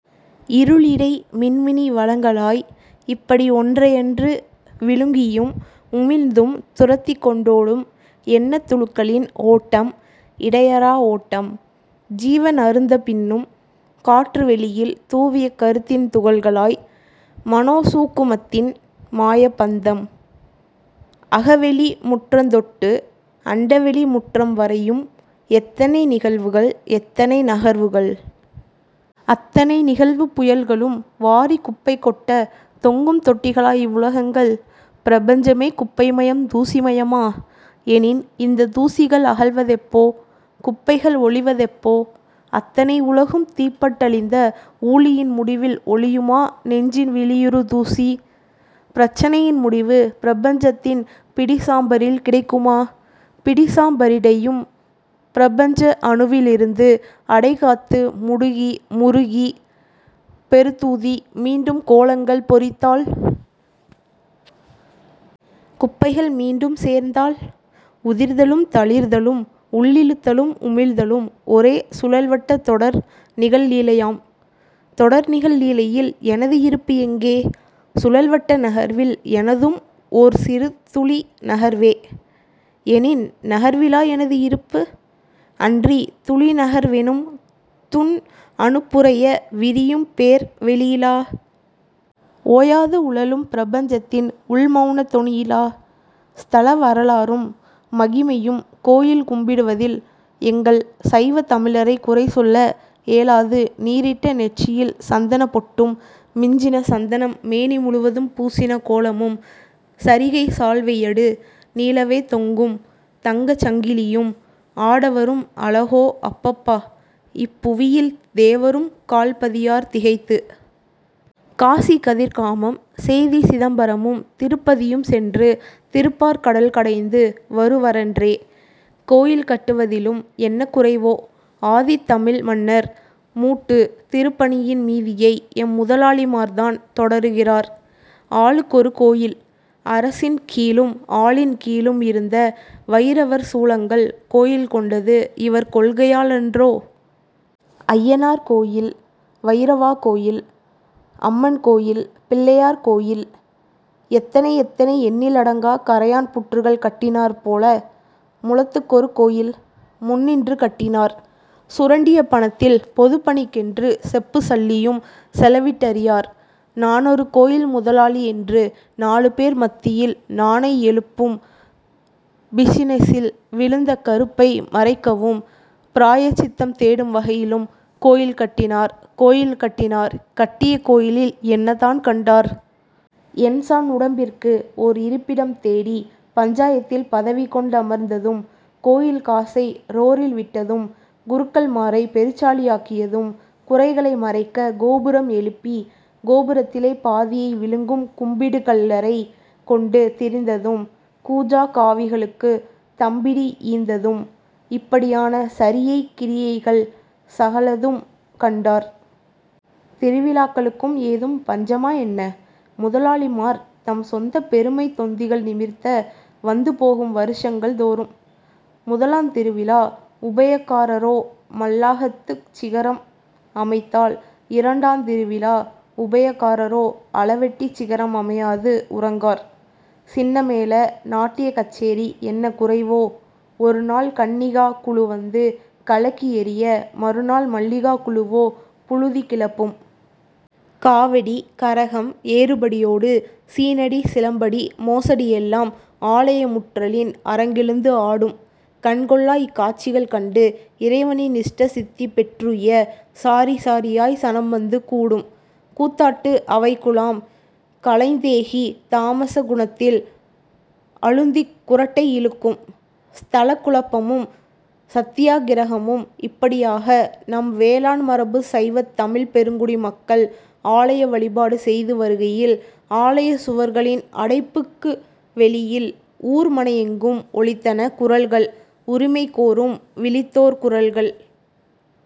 இருளிடை மின்மினி வலங்களாய், இப்படி ஒன்றையன்று விழுங்கியும் உமிழ்ந்தும் துரத்திக் கொண்டோடும் எண்ணத் துணுக்களின் ஓட்டம் இடையறா ஓட்டம். ஜீவன் அறுந்தபின்னும் காற்று வெளியில் தூவிய கருத்தின் துகள்களாய் மனோசூக்குமத்தின் மாயப் பந்தயம். அகவெளி முற்றந் தொட்டு அண்டவெளி முற்றம் வரையும் எத்தனை நிகழ்வுகள்! எத்தனை நகர்வுகள்! அத்தனை நிகழ்வுப் புயல்களும் வாரிக் குப்பை கொட்ட தொங்கும் தொட்டிகளா இவ்வுலகங்கள்? பிரபஞ்சமே குப்பைமயம் தூசிமயமா? எனின் இந்தத் தூசிகள் அகல்வதெப்போ? குப்பைகள் ஒழிவதெப்போ? அத்தனை உலகும் தீப்பட்டழிந்த ஊழியின் முடிவில் ஒழியுமா நெஞ்சின் விழியுறு தூசி? பிரச்சனையின் முடிவு பிரபஞ்சத்தின் பிடிசாம்பரில் கிடைக்குமா? பிடிசாம்பரிடையும் பிரபஞ்ச அணுவிலிருந்து அடைகாத்து முடுகி முறுகி பெருத்தூதி மீண்டும் கோளங்கள் பொரித்தால்....? குப்பைகள் மீண்டும் சேர்ந்தால்....? உதிர்தலும் தளிர்தலும் உள்ளிழுத்தலும் உமிழ்தலும் ஒரே சுழல் வட்டத் தொடர் நிகழ்லீலையாம். தொடர்நிகழ் லீலையில் எனது இருப்பு எங்கே? சுழல்வட்ட நகர்வில் எனதும் ஓர் சிறுத்துளி நகர்வே. எனின் நகர்விலா எனது இருப்பு? அன்றி துளி நகர்வெனும் துண் அணுப்புரைய விரியும் பேர் வெளியிலா? ஓயாது உழலும் பிரபஞ்சத்தின் உள் மௌனத் தொனியிலா? ஸ்தல வரலாறும் மகிமையும் கோயில் கும்பிடுவதில் எங்கள் சைவத் தமிழரை குறை சொல்ல ஏலாது நீறிட்ட நெற்றியில் சந்தனப் பொட்டும், மிஞ்சின சந்தனம் மேனிமுழுவதும் பூசின கோலமும் சரிகைச் சால்வை யடு நீளவே தொங்கும் தங்கச் சங்கிலியும் ஆடவரும் அழகோ அப்பப்பா இப்புவியில் தேவரும் கால் பதியார் திகைத்து. காசி கதிர்காமம் சேதிசிதம்பரமும் திருப்பதியும் சென்று திருப்பாற் கடல் கடைந்து வரு வரன்றே. கோயில் கட்டுவதிலும் என்ன குறைவோ? ஆதித் தமிழ் மன்னர் மூட்டுதிருப் பணியின் மீதியை எம்முதலாளி மார்தான் தொடருகிறார் ஆளுக்கொரு கோயில்! அரசின் கீழும் ஆலின் கீழும் இருந்த வயிரவர் சூலங்கள் கோயில் கொண்டது இவர் கொள்கையால் அன்றோ. அய்யனார் கோயில் வயிரவா கோயில் அம்மன் கோயில் பிள்ளையார் கோயில் எத்தனை எத்தனை எண்ணில் அடங்கா கறையான் புற்றுகள் கட்டினாற்போல முழத்துக் கொருகோயில் முன்னின்று கட்டினார். சுரண்டிய பணத்தில் பொதுப் பணிக்கென்று செப்புச் சல்லியும் செலவிட்டறியார் நானொரு கோயில் முதலாளி என்று நாலு பேர் மத்தியில் 'நானை' எழுப்பும் பிஸினெஸில் விழுந்த கறுப்பை மறைக்கவும் பிராயச் சித்தம் தேடும் வகையிலும் கோயில் கட்டினார் கோயில் கட்டினார் கட்டிய கோயிலில் என்னதான் கண்டார்? எண் சாண் உடம்பிற்கு ஒர் இருப்பிடம் தேடி பஞ்சாயத்தில் பதவி கொண்டமர்ந்ததும். கோயில் காசை றோளில் விட்டதும் குருக்கள் மாரை பெருச்சாளியாக்கியதும் குறைகளை மறைக்கக் கோபுரம் எழுப்பி கோபுரத்திலே பாதியை விழுங்கும் கும்பிடுகள்ளரைக் கொண்டு திரிந்ததும் கூஜா காவிகளுக்குத் 'தம்பிடி' ஈந்ததும்- இப்படியான சரியை கிரியைகள் சகலதும் கண்டார். திருவிழாக்களுக்கும் ஏதும் பஞ்சமா என்ன? முதலாளிமார் தம் சொந்தப் பெருமைத் தொந்திகள் நிமிர்த்த வந்து போகும் வருஷங்கள் தோறும். முதலாந் திருவிழா உபயகாரரோ மல்லாகத்துச் சிகரம் அமைத்தால் இரண்டாந் திருவிழா உபயகாரரோ அளவெட்டிச் சிகரம் அமையாது உறங்கார். சின்னமேள, நாட்டியக் கச்சேரி என்ன குறைவோ? ஒருநாள் 'கன்னிகா' குழு வந்து கலக்கியெறிய மறுநாள் மல்லிகா குழுவோ புழுதி கிளப்பும். காவடி, கரகம், ஏறுபடி யோடு சீனடி சிலம்படி மோசடி எல்லாம் ஆலய முன்றலின் அரங்கெழுந்து ஆடும். கண்கொள்ளா இக் காட்சிகள் கண்டு இறைவனின் இஷ்ட சித்தி பெற்றுய்ய சாரிசாரியாய் சனம்வந்து கூடும். கூத்தாட்டு அவைக் குழாம் கலைந்தேகி தாமஸ குணத்தில் அழுந்திக் குறட்டை இழுக்கும். ஸ்தலக் குழப்பமும் சத்தியாக்கிரகமும் இப்படியாக நம் வேளாண் மரபுச் சைவத் தமிழ்ப் பெருங்குடி மக்கள் ஆலய வழிபாடு செய்து வருகையில் ஆலயச் சுவர்களின் அடைப்புக்கு வெளியில் ஊர்மனையெங்கும் ஒலித்தன குரல்கள் உரிமை கோரும் விழித்தோர் குரல்கள்!